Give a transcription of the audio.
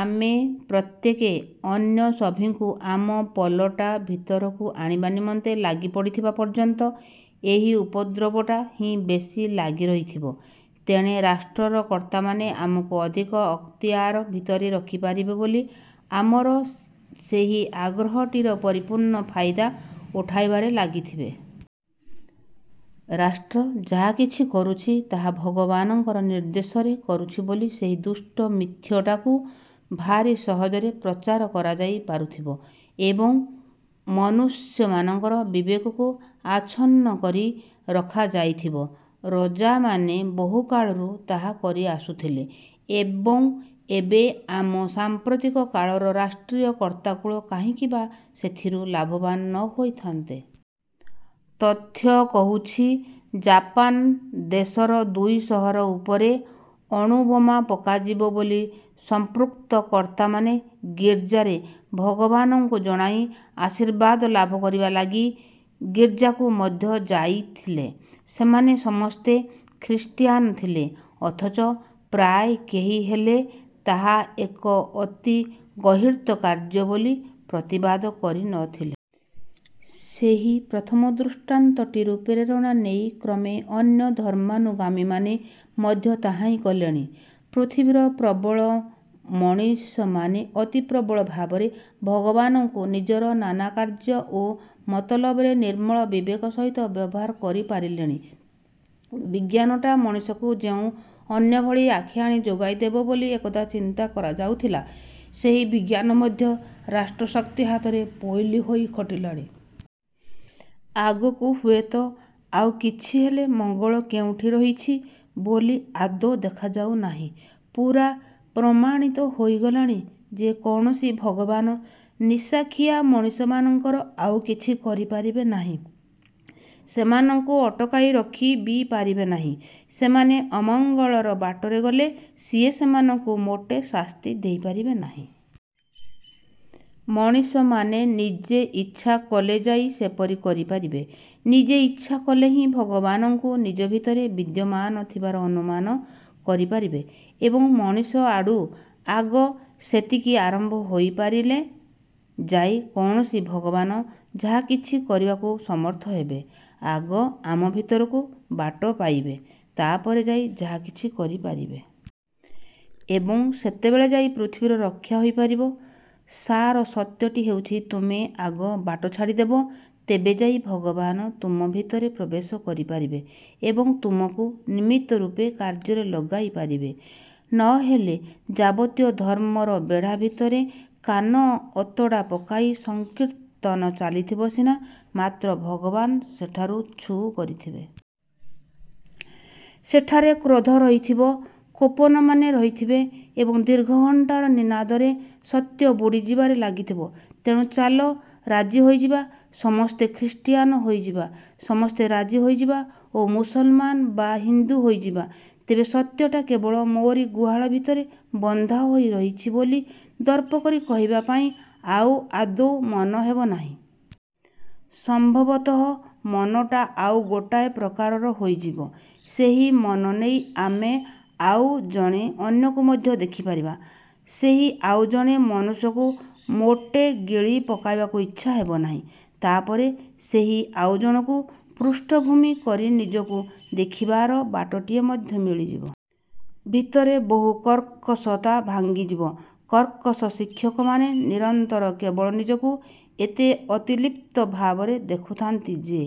ଆମେ ପ୍ରତ୍ୟେକେ ଅନ୍ୟ ସଭିଙ୍କୁ ଆମ ପଲଟା ଭିତରକୁ ଆଣିବା ନିମନ୍ତେ ଲାଗି ପଡ଼ିଥିବା ପର୍ଯ୍ୟନ୍ତ ଏହି ଉପଦ୍ରବଟା ହିଁ ବେଶୀ ଲାଗି ରହିଥିବ। ତେଣେ ରାଷ୍ଟ୍ରର କର୍ତ୍ତାମାନେ ଆମକୁ ଅଧିକ ଅକ୍ତିଆର ଭିତରେ ରଖିପାରିବେ ବୋଲି ଆମର ସେହି ଆଗ୍ରହଟିର ପରିପୂର୍ଣ୍ଣ ଫାଇଦା ଉଠାଇବାରେ ଲାଗିଥିବେ। ରାଷ୍ଟ୍ର. ଯାହାକିଛି କରୁଛି ତାହା ଭଗବାନଙ୍କର ନିର୍ଦ୍ଦେଶରେ କରୁଛି ବୋଲି ସେହି ଦୁଷ୍ଟ ମିଥ୍ୟଟାକୁ ଭାରି ସହଜରେ ପ୍ରଚାର କରାଯାଇ ପାରୁଥିବ ଏବଂ ମନୁଷ୍ୟମାନଙ୍କର ବିବେକକୁ ଆଛନ୍ନ କରି ରଖାଯାଇଥିବ। ରଜାମାନେ ବହୁକାଳରୁ ତାହା କରି ଆସୁଥିଲେ ଏବଂ ଏବେ ଆମ ସାମ୍ପ୍ରତିକ କାଳର ରାଷ୍ଟ୍ରୀୟ କର୍ତ୍ତାକୁଳ କାହିଁକି ବା ସେଥିରୁ ଲାଭବାନ ନ ହୋଇଥାନ୍ତେ? ତଥ୍ୟ କହୁଛି ଜାପାନ ଦେଶର ଦୁଇ ସହର ଉପରେ ଅଣୁବୋମା ପକାଯିବ ବୋଲି ସମ୍ପୃକ୍ତ କର୍ତ୍ତାମାନେ ଗୀର୍ଜାରେ ଭଗବାନଙ୍କୁ ଜଣାଇ ଆଶୀର୍ବାଦ ଲାଭ କରିବା ଲାଗି ଗୀର୍ଜାକୁ ମଧ୍ୟ ଯାଇଥିଲେ। ସେମାନେ ସମସ୍ତେ ଖ୍ରୀଷ୍ଟିଆନ ଥିଲେ ଅଥଚ ପ୍ରାୟ କେହି ହେଲେ ତାହା ଏକ ଅତି ଗର୍ହିତ କାର୍ଯ୍ୟ ବୋଲି ପ୍ରତିବାଦ କରିନଥିଲେ। ସେହି ପ୍ରଥମ ଦୃଷ୍ଟାନ୍ତଟିରୁ ପ୍ରେରଣା ନେଇ କ୍ରମେ ଅନ୍ୟ ଧର୍ମାନୁଗାମୀମାନେ ମଧ୍ୟ ତାହା ହିଁ କଲେଣି। ପୃଥିବୀର ପ୍ରବଳ ମଣିଷମାନେ ଅତି ପ୍ରବଳ ଭାବରେ ଭଗବାନଙ୍କୁ ନିଜର ନାନା କାର୍ଯ୍ୟ ଓ ମତଲବରେ ନିର୍ମଳ ବିବେକ ସହିତ ବ୍ୟବହାର କରିପାରିଲେଣି। ବିଜ୍ଞାନଟା ମଣିଷକୁ ଯେଉଁ ଅନ୍ୟଭଳି ଆଖି ଆଣି ଯୋଗାଇଦେବ ବୋଲି ଏକଦା ଚିନ୍ତା କରାଯାଉଥିଲା, ସେହି ବିଜ୍ଞାନ ମଧ୍ୟ ରାଷ୍ଟ୍ରଶକ୍ତି ହାତରେ ପୋଇଲୀ ହୋଇ ଖଟିଲାଣି। ଆଗକୁ ହୁଏତ ଆଉ କିଛିହେଲେ ମଙ୍ଗଳ କେଉଁଠି ରହିଛି ବୋଲି ଆଦୌ ଦେଖାଯାଉ ନାହିଁ। ପୂରା ପ୍ରମାଣିତ ହୋଇଗଲାଣି ଯେ କୌଣସି ଭଗବାନ ନିଶାଖିଆ ମଣିଷମାନଙ୍କର ଆଉ କିଛି କରିପାରିବେ ନାହିଁ । ସେମାନଙ୍କୁ ଅଟକାଇ ରଖି ବି ପାରିବେ ନାହିଁ। ସେମାନେ ଅମଙ୍ଗଳର ବାଟରେ ଗଲେ ସିଏ ସେମାନଙ୍କୁ ମୋଟେ ଶାସ୍ତି ଦେଇପାରିବେ ନାହିଁ। ମଣିଷମାନେ ନିଜେ ଇଚ୍ଛା କଲେ ଯାଇ ସେପରି କରିପାରିବେ। ନିଜେ ଇଚ୍ଛା କଲେ ହିଁ ଭଗବାନଙ୍କୁ ନିଜ ଭିତରେ ବିଦ୍ୟମାନ ଥିବାର ଅନୁମାନ କରିପାରିବେ ଏବଂ ମଣିଷ ଆଡୁ ଆଗ ସେତିକି ଆରମ୍ଭ ହୋଇପାରିଲେ ଯାଇ କୌଣସି ଭଗବାନ ଯାହାକିଛି କରିବାକୁ ସମର୍ଥ ହେବେ। ଆଗ ଆମ ଭିତରକୁ ବାଟ ପାଇବେ, ତାପରେ ଯାଇ ଯାହାକିଛି କରିପାରିବେ। ଏବଂ ସେତେବେଳେ ଯାଇ ପୃଥିବୀର ରକ୍ଷା ହୋଇପାରିବ। ସାର ସତ୍ୟଟି ହେଉଛି ତୁମେ ଆଗ ବାଟ ଛାଡ଼ିଦେବ ତେବେ ଯାଇ ଭଗବାନ ତୁମ ଭିତରେ ପ୍ରବେଶ କରିପାରିବେ ଏବଂ ତୁମକୁ ନିମିତ୍ତ ରୂପେ କାର୍ଯ୍ୟରେ ଲଗାଇ ପାରିବେ। ନହେଲେ ଯାବତୀୟ ଧର୍ମର ବେଢ଼ା ଭିତରେ କାନ ଅତଡ଼ା ପକାଇ ସଂକୀର୍ତ୍ତନ ଚାଲିଥିବ ସିନା ମାତ୍ର ଭଗବାନ ସେଠାରୁ ଛୁ କରିଥିବେ। ସେଠାରେ କ୍ରୋଧ ରହିଥିବ, କୋପନମାନେ ରହିଥିବେ ଏବଂ ଦୀର୍ଘ ଘଣ୍ଟାର ନିନାଦରେ ସତ୍ୟ ବୁଡ଼ିଯିବାରେ ଲାଗିଥିବ। ତେଣୁ ଚାଲ ରାଜି ହୋଇଯିବା, ସମସ୍ତେ ଖ୍ରୀଷ୍ଟିଆନ ହୋଇଯିବା। ସମସ୍ତେ ରାଜି ହୋଇଯିବା ଓ ମୁସଲମାନ ବା ହିନ୍ଦୁ ହୋଇଯିବା। ତେବେ ସତ୍ୟଟା କେବଳ ମୋରି ଗୁହାଳ ଭିତରେ ବନ୍ଧା ହୋଇ ରହିଛି ବୋଲି ଦର୍ପ କରି କହିବା ପାଇଁ ଆଉ ଆଦୌ ମନ ହେବନାହିଁ। ସମ୍ଭବତଃ ମନଟା ଆଉ ଗୋଟାଏ ପ୍ରକାରର ହୋଇଯିବ। ସେହି ମନ ନେଇ ଆମେ ଆଉ ଜଣେ ଅନ୍ୟକୁ ମଧ୍ୟ ଦେଖିପାରିବା। ସେହି ଆଉଜଣେ ମନୁଷ୍ୟକୁ ମୋଟେ ଗିଳି ପକାଇବାକୁ ଇଚ୍ଛା ହେବନାହିଁ। ତାପରେ ସେହି ଆଉଜଣକୁ ପୃଷ୍ଠଭୂମି କରି ନିଜକୁ ଦେଖିବାର ବାଟଟିଏ ମଧ୍ୟ ମିଳିଯିବ। ଭିତରେ ବହୁ କର୍କଶତା ଭାଙ୍ଗିଯିବ। କର୍କଶ ଶିକ୍ଷକମାନେ ନିରନ୍ତର କେବଳ ନିଜକୁ ଏତେ ଅତିଲିପ୍ତ ଭାବରେ ଦେଖୁଥାନ୍ତି ଯେ